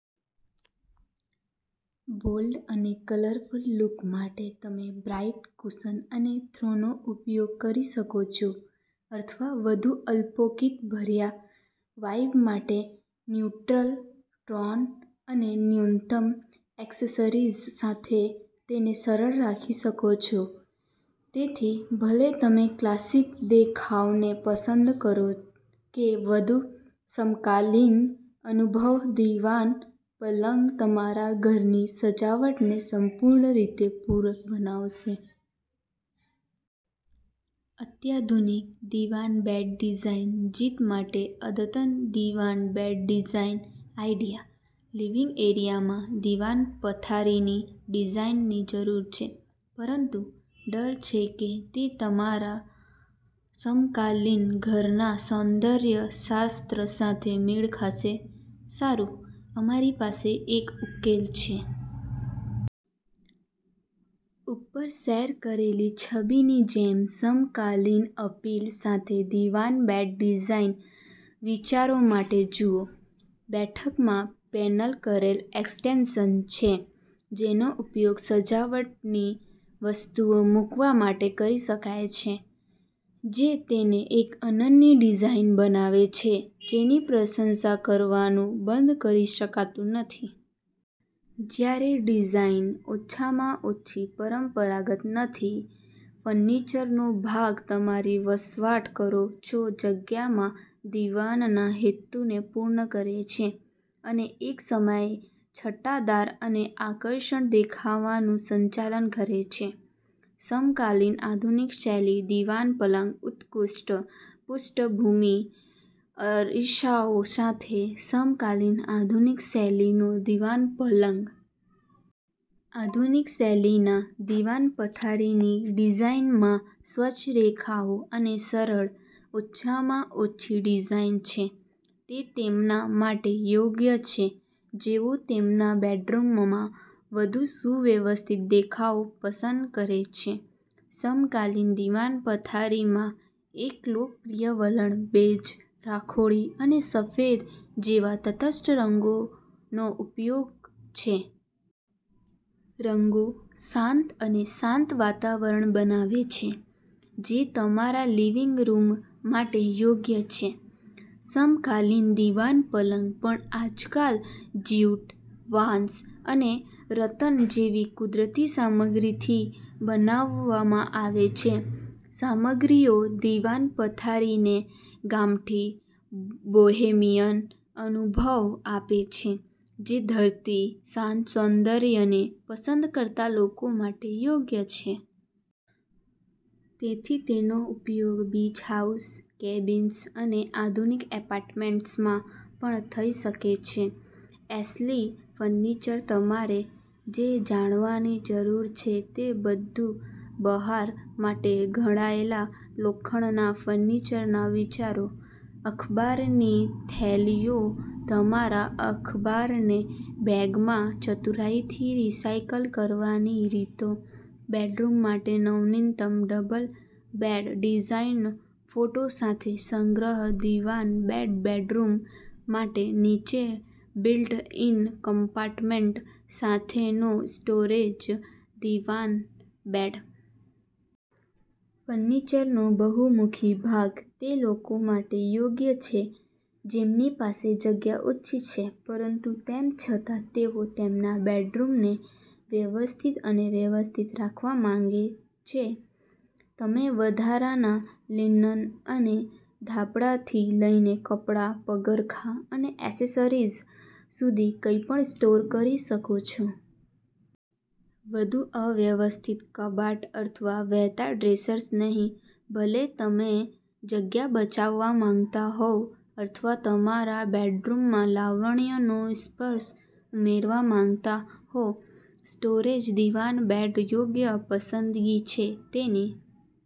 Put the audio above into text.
Bold અને colourful look માટે તમે બ્રાઈટ કુશન અને થ્રોનો ઉપયોગ કરી શકો છો અથવા વધુ અલ્પોક્તિભર્યા વાઈબ માટે ન્યૂટ્રલ ટોન અને ન્યૂનતમ એક્સેસરીઝ સાથે તેને સરળ રાખી શકો છો. તેથી, ભલે તમે ક્લાસિક દેખાવને પસંદ કરો કે વધુ સમકાલીન અનુભવ, દીવાન પલંગ તમારા ઘરની સજાવટને સંપૂર્ણ રીતે પૂરક બનાવશે. અત્યાધુનિક દિવાન બેડ ડિઝાઇન જીત માટે અદ્યતન દિવાન બેડ ડિઝાઇન આઇડિયા! લિવિંગ એરિયામાં દીવાન પથારીની ડિઝાઈનની જરૂર છે, પરંતુ ડર છે કે તે તમારા સમકાલીન ઘરના સૌંદર્ય શાસ્ત્ર સાથે મેળખાશે? સારું, અમારી પાસે એક ઉકેલ છે! ઉપર શેર કરેલી છબીની જેમ સમકાલીન અપીલ સાથે દીવાન બેડ ડિઝાઇન વિચારો માટે જુઓ. બેઠકમાં પેનલ કરેલ એક્સ્ટેંશન છે જેનો ઉપયોગ સજાવટની વસ્તુઓ મૂકવા માટે કરી શકાય છે જે તેને એક અનન્ય ડિઝાઇન બનાવે છે જેની પ્રશંસા કરવાનું બંધ કરી શકાતું નથી. જ્યારે ડિઝાઇન ઓછામાં ઓછી પરંપરાગત નથી, ફર્નિચરનોભાગ તમારી વસવાટ કરો છો જગ્યામાં દીવાનના હેતુને પૂર્ણ કરે છે અને એકસમયે છટાદાર અને આકર્ષક દેખાવાનું સંચાલન કરે છે! સમકાલીન આધુનિક શૈલી દીવાન પલંગ ઉત્કૃષ્ટ પૃષ્ઠભૂમિ અરીસાઓ સાથે સમકાલીન આધુનિક-શૈલીનો દીવાન પલંગ. આધુનિક-શૈલીના દીવાન પથારીની ડિઝાઇનમાં સ્વચ્છ રેખાઓ અને સરળ, ઓછામાં ઓછી ડિઝાઇન છે. તે તેમના માટે યોગ્ય છે જેઓ તેમના બેડરૂમમાં વધુ સુવ્યવસ્થિત દેખાવ પસંદ કરે છે. સમકાલીન દીવાન પથારીમાં એક લોકપ્રિય વલણ બેજ, રાખોડી અને સફેદ જેવા તટસ્થ રંગોનો ઉપયોગ છે. રંગો શાંત અને શાંત વાતાવરણ બનાવે છે, જે તમારા લિવિંગ રૂમ માટે યોગ્ય છે. સમકાલીન દીવાન પલંગ પણ આજકાલ જ્યુટ, વાંસ અને રતન જેવી કુદરતી સામગ્રીથી બનાવવામાં આવે છે. સામગ્રીઓ દીવાન પથારીને ગામઠી, બોહેમિયન અનુભવ આપે છે, જે ધરતી, શાંત સૌંદર્યને પસંદ કરતા લોકો માટે યોગ્ય છે. તેથી, તેનો ઉપયોગ બીચ હાઉસ, કેબિન્સ અને આધુનિક એપાર્ટમેન્ટ્સમાં પણ થઈ શકે છે. એશલી ફર્નિચરતમારે જે જાણવાની જરૂર છે તે બધું, બહાર માટે ઘડાયેલા લોખંડના ફર્નિચરના વિચારો, અખબારની થેલીઓતમારા અખબારને બેગમાં ચતુરાઈથી રિસાયકલ કરવાની રીતો, બેડરૂમ માટે નવીનતમ ડબલ બેડ ડિઝાઇનફોટા સાથે, સંગ્રહ દીવાન બેડ બેડરૂમ માટે નીચે બિલ્ટ-ઇન કમ્પાર્ટમેન્ટ સાથેનો સ્ટોરેજ દીવાન બેડ. ફર્નિચરનોબહુમુખી ભાગ તે લોકો માટે યોગ્ય છે જેમની પાસે જગ્યા ઓછી છે પરંતુ તેમ છતાં તેઓ તેમના બેડરૂમને વ્યવસ્થિત અને વ્યવસ્થિત રાખવા માંગે છે. તમે વધારાના લિનન અને ધાબળાથી લઈને કપડાં, પગરખાં અને એસેસરીઝ સુધી કંઈપણ સ્ટોર કરી શકો છો. વધુ અવ્યવસ્થિત કબાટ અથવા વહેતા ડ્રેસર્સ નહીં! ભલે તમે જગ્યા બચાવવા માંગતા હોવ અથવા તમારા બેડરૂમમાં લાવણ્યનો સ્પર્શ ઉમેરવા માંગતા હો, સ્ટોરેજ દીવાન બેડયોગ્ય પસંદગી છે. તેની